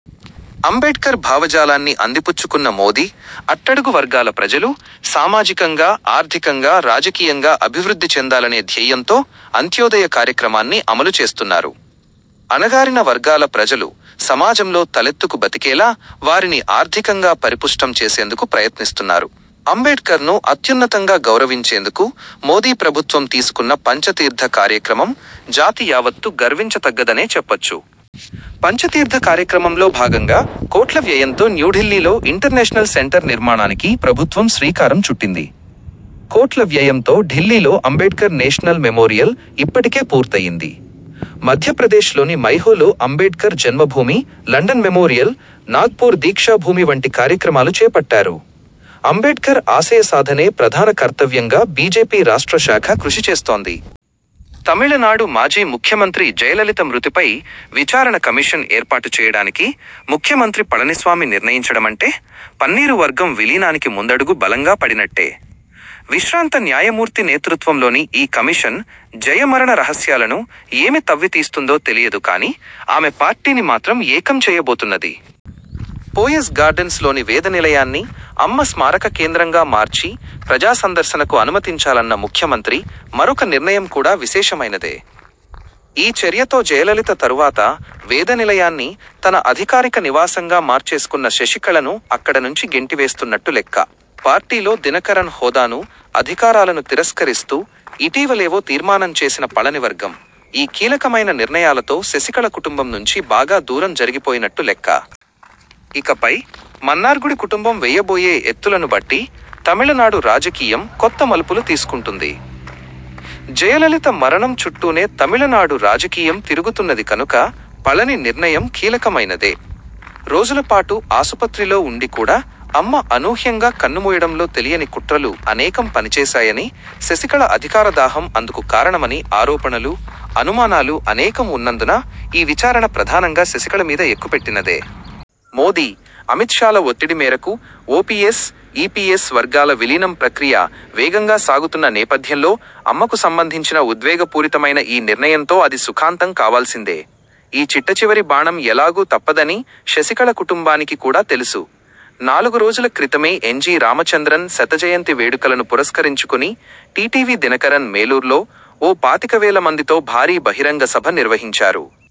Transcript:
అంబేడ్కర్ భావజాలాన్ని అందిపుచ్చుకున్న మోదీ, అట్టడుగు వర్గాల ప్రజలు సామాజికంగా, ఆర్థికంగా, రాజకీయంగా అభివృద్ధి చెందాలనే ధ్యేయంతో అంత్యోదయ కార్యక్రమాన్ని అమలు చేస్తున్నారు. అణగారిన వర్గాల ప్రజలు సమాజంలో తలెత్తుకు బతికేలా వారిని ఆర్థికంగా పరిపుష్టం చేసేందుకు ప్రయత్నిస్తున్నారు. అంబేడ్కర్ను అత్యున్నతంగా గౌరవించేందుకు మోదీ ప్రభుత్వం తీసుకున్న పంచతీర్థ కార్యక్రమం జాతి యావత్తు గర్వించతగ్గదనే చెప్పొచ్చు. పంచతీర్థ కార్యక్రమంలో భాగంగా కోట్ల వ్యయంతో న్యూఢిల్లీలో ఇంటర్నేషనల్ సెంటర్ నిర్మాణానికి ప్రభుత్వం శ్రీకారం చుట్టింది. కోట్ల వ్యయంతో ఢిల్లీలో అంబేడ్కర్ నేషనల్ మెమోరియల్ ఇప్పటికే పూర్తయ్యింది. మధ్యప్రదేశ్లోని మైహాలో అంబేడ్కర్ జన్మభూమి, లండన్ మెమోరియల్, నాగ్పూర్ దీక్షా భూమి వంటి కార్యక్రమాలు చేపట్టారు. అంబేడ్కర్ ఆశయ సాధనే ప్రధాన కర్తవ్యంగా బీజేపీ రాష్ట్ర శాఖ కృషిచేస్తోంది. తమిళనాడు మాజీ ముఖ్యమంత్రి జయలలిత మృతిపై విచారణ కమిషన్ ఏర్పాటు చేయడానికి ముఖ్యమంత్రి పళనిస్వామి నిర్ణయించడమంటే, పన్నీరు వర్గం విలీనానికి ముందడుగు బలంగా పడినట్టే. విశ్రాంత న్యాయమూర్తి నేతృత్వంలోని ఈ కమిషన్, జయ మరణ రహస్యాలను ఏమి తవ్వితీస్తుందో తెలియదు కానీ, ఆమె పార్టీని మాత్రం ఏకం చేయబోతున్నది. పోయిస్ గార్డెన్స్లోని వేదనిలయాన్ని అమ్మ స్మారక కేంద్రంగా మార్చి ప్రజాసందర్శనకు అనుమతించాలన్న ముఖ్యమంత్రి మరొక నిర్ణయం కూడా విశేషమైనదే. ఈ చర్యతో జయలలిత తరువాత వేదనిలయాన్ని తన అధికారిక నివాసంగా మార్చేసుకున్న శశికళను అక్కడ నుంచి గెంటివేస్తున్నట్టు లెక్క. పార్టీలో దినకరన్ హోదానూ, అధికారాలను తిరస్కరిస్తూ ఇటీవలే ఓ తీర్మానం చేసిన పళనివర్గం, ఈ కీలకమైన నిర్ణయాలతో శశికళ కుటుంబం నుంచి బాగా దూరం జరిగిపోయినట్టు లెక్క. ఇకపై మన్నార్గుడి కుటుంబం వేయబోయే ఎత్తులను బట్టి తమిళనాడు రాజకీయం కొత్త మలుపులు తీసుకుంటుంది. జయలలిత మరణం చుట్టూనే తమిళనాడు రాజకీయం తిరుగుతున్నది కనుక పళని నిర్ణయం కీలకమైనదే. రోజుల పాటు ఆసుపత్రిలో ఉండి కూడా, అమ్మ అనూహ్యంగా కన్నుమూయడంలో తెలియని కుట్రలు అనేకం పనిచేశాయని, శశికళ అధికారదాహం అందుకు కారణమని ఆరోపణలు, అనుమానాలు అనేకం ఉన్నందున ఈ విచారణ ప్రధానంగా శశికళ మీద ఎక్కుపెట్టినదే. మోదీ–అమిత్షాల ఒత్తిడిమేరకు ఓపీఎస్, ఈపీఎస్ వర్గాల విలీనం ప్రక్రియ వేగంగా సాగుతున్న నేపథ్యంలో, అమ్మకు సంబంధించిన ఉద్వేగపూరితమైన ఈ నిర్ణయంతో అది సుఖాంతం కావాల్సిందే. ఈ చిట్టచివరి బాణం ఎలాగూ తప్పదని శశికళ కుటుంబానికి కూడా తెలుసు. నాలుగురోజుల క్రితమే ఎంజీ రామచంద్రన్ శతజయంతి వేడుకలను పురస్కరించుకొని టీటీవీ దినకరన్ మేలూర్లో ఓ పాతికవేలమందితో భారీ బహిరంగ సభ నిర్వహించారు.